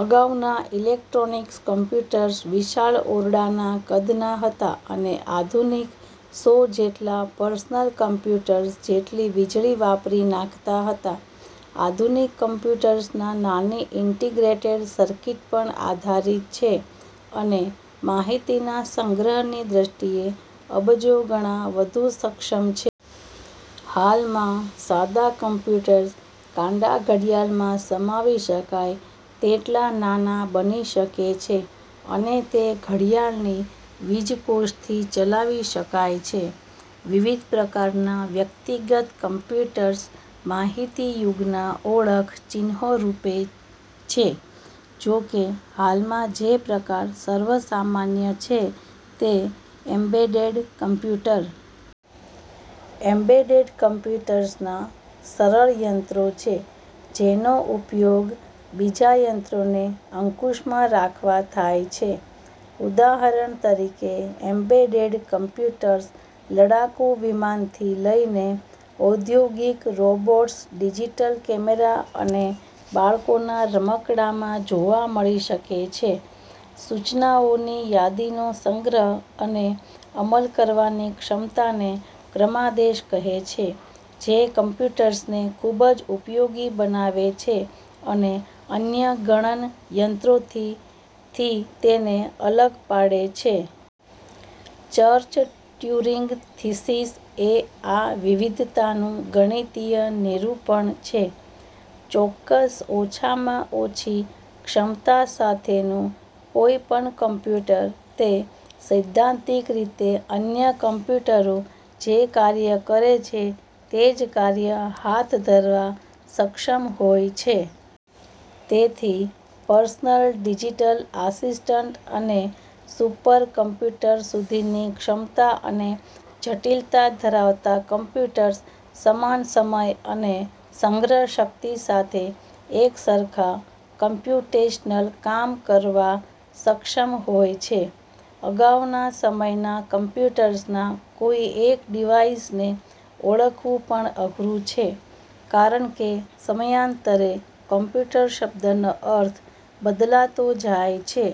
અગાઉના electronic computers વિશાળ ઓરડાના કદના હતાં, અને આધુનિક સો જેટલા પર્સનલ કમ્પ્યુટર્સ જેટલી વીજળી વાપરી નાખતા હતા. આધુનિક કમ્પ્યુટર્સ નાની ઇન્ટિગ્રેટેડ સર્કિટ પર આધારિત છે અને માહિતીના સંગ્રહની દ્રષ્ટિએ અબજોગણા વધુ સક્ષમ છે. હાલમાં, સાદા કમ્પ્યુટર્સ કાંડા ઘડિયાળમાં સમાવી શકાય તેટલા નાના બની શકે છે અને તે ઘડિયાળની વીજકોષ થી ચલાવી શકાય છે. વિવિધ પ્રકારના વ્યક્તિગત કમ્પ્યુટર્સ માહિતી યુગના ઓળખ ચિન્હોરૂપ છે, જોકે, હાલમાં જે પ્રકાર સર્વ સામાન્ય છે તે એમ્બેડેડ કમ્પ્યુટર. એમ્બેડેડ કમ્પ્યુટર્સ નાના સરળ યંત્રો છે જેનો ઉપયોગ બીજા યંત્રોને અંકુશમાં રાખવા થાય છે-ઉદાહરણ તરીકે, એમ્બેડેડ કમ્પ્યુટર્સ લડાકુ વિમાનથી લઇને ઔદ્યોગિક રોબોટ્સ, ડિજિટલ કેમેરા અને બાળકોના રમકડાંમાં જોવા મળી શકે છે. સૂચનાઓની યાદીનો સંગ્રહ અને અમલ કરવાની ક્ષમતાને ક્રમાદેશ કહે છે જે કમ્પ્યુટર્સને ખુબજ ઉપયોગી બનાવે છે અને અન્ય ગણનયંત્રોથી થી તેને અલગ પાડે છે. ચર્ચ-ટ્યુરિંગ થિસીસ એ આ વિવિધતાનું ગણીતીય નિરૂપણ છેઃ ચોક્કસ ઓછામાં ઓછી ક્ષમતા સાથેનું કોઇ પણ કમ્પ્યુટર તે સૈદ્ધાંતિક રીતે અન્ય કમ્પ્યુટરો જે કાર્ય કરે છે તે જ કાર્ય હાથ ધરવા સક્ષમ હોય છે. તેથી, પર્સનલ ડિજિટલ આસિસ્ટંટ અને સુપરકમ્પ્યુટર સુધીની ક્ષમતા અને જટિલતા ધરાવતા કમ્પ્યુટર્સ સમાન સમય અને સંગ્રહ શક્તિ સાથે એક સરખા કમ્પ્યુટેશનલ કામ કરવા સક્ષમ હોય છે. અગાઉના સમયનાં કમ્પ્યુટર્સનાં કોઇ એક ડિવાઇઝને ઓળખવુ પણ અઘરૂ છે કારણે સમયાંતરે "કમ્પ્યુટર" શબ્દનો અર્થ બદલાતો જાય છે.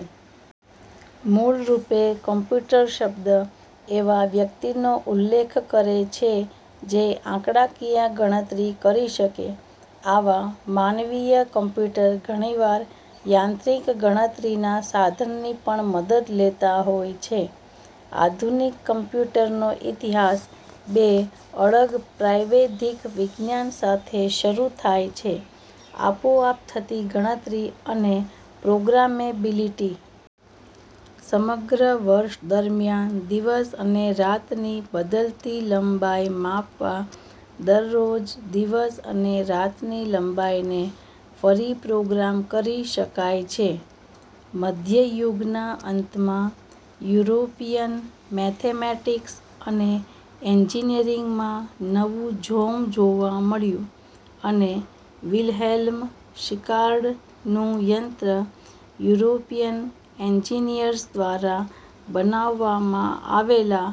મૂળરૂપે, "કમ્પ્યુટર" શબ્દ એવા વ્યક્તિનો ઉલ્લેખ કરે છે જે આંકડાકીય ગણતરી કરી શકે આવા માનવીય કમ્પ્યુટર ઘણીવાર યાંત્રિક ગણતરીના સાધનની પણ મદદ લેતા હોય છે. આધુનિક કમ્પ્યુટરનો ઇતિહાસ બે અળગ પ્રાવૈધિક વિજ્ઞાન સાથે શરૂ થાય છે આપોઆપ થતી ગણતરી અને પ્રોગ્રામેબિલિટી. સમગ્ર વર્ષ દરમિયાન દિવસ અને રાતની બદલતી લંબાઇ માપવા દરરોજ દિવસ અને રાતની લંબાઇને ફરી પ્રોગ્રામ કરી શકાય છે. મધ્ય યુગના અંતમાં યુરોપિયન મેથેમેટિક્સ અને એન્જિનિયરીંગમાં નવું જોમ જોવા મળ્યું, અને વિલ્હેલ્મ શિકાર્ડનું યંત્ર યુરોપિયન એન્જિનીયર્સ દ્વારા બનાવવામાં આવેલા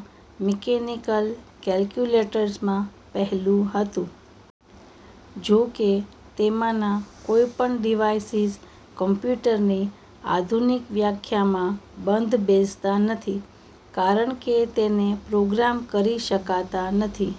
મિકેનિકલ કેલ્ક્યુલેટર્સમાં પહેલુ હતું. જોકે, તેમાનાં કોઇપણ ડિવાઇઝિસ કમ્પ્યુટરની આધુનિક વ્યાખ્યામાં બંધ બેસતા નથી કારણ કે તેને પ્રોગ્રામ કરી શકાતા નથી.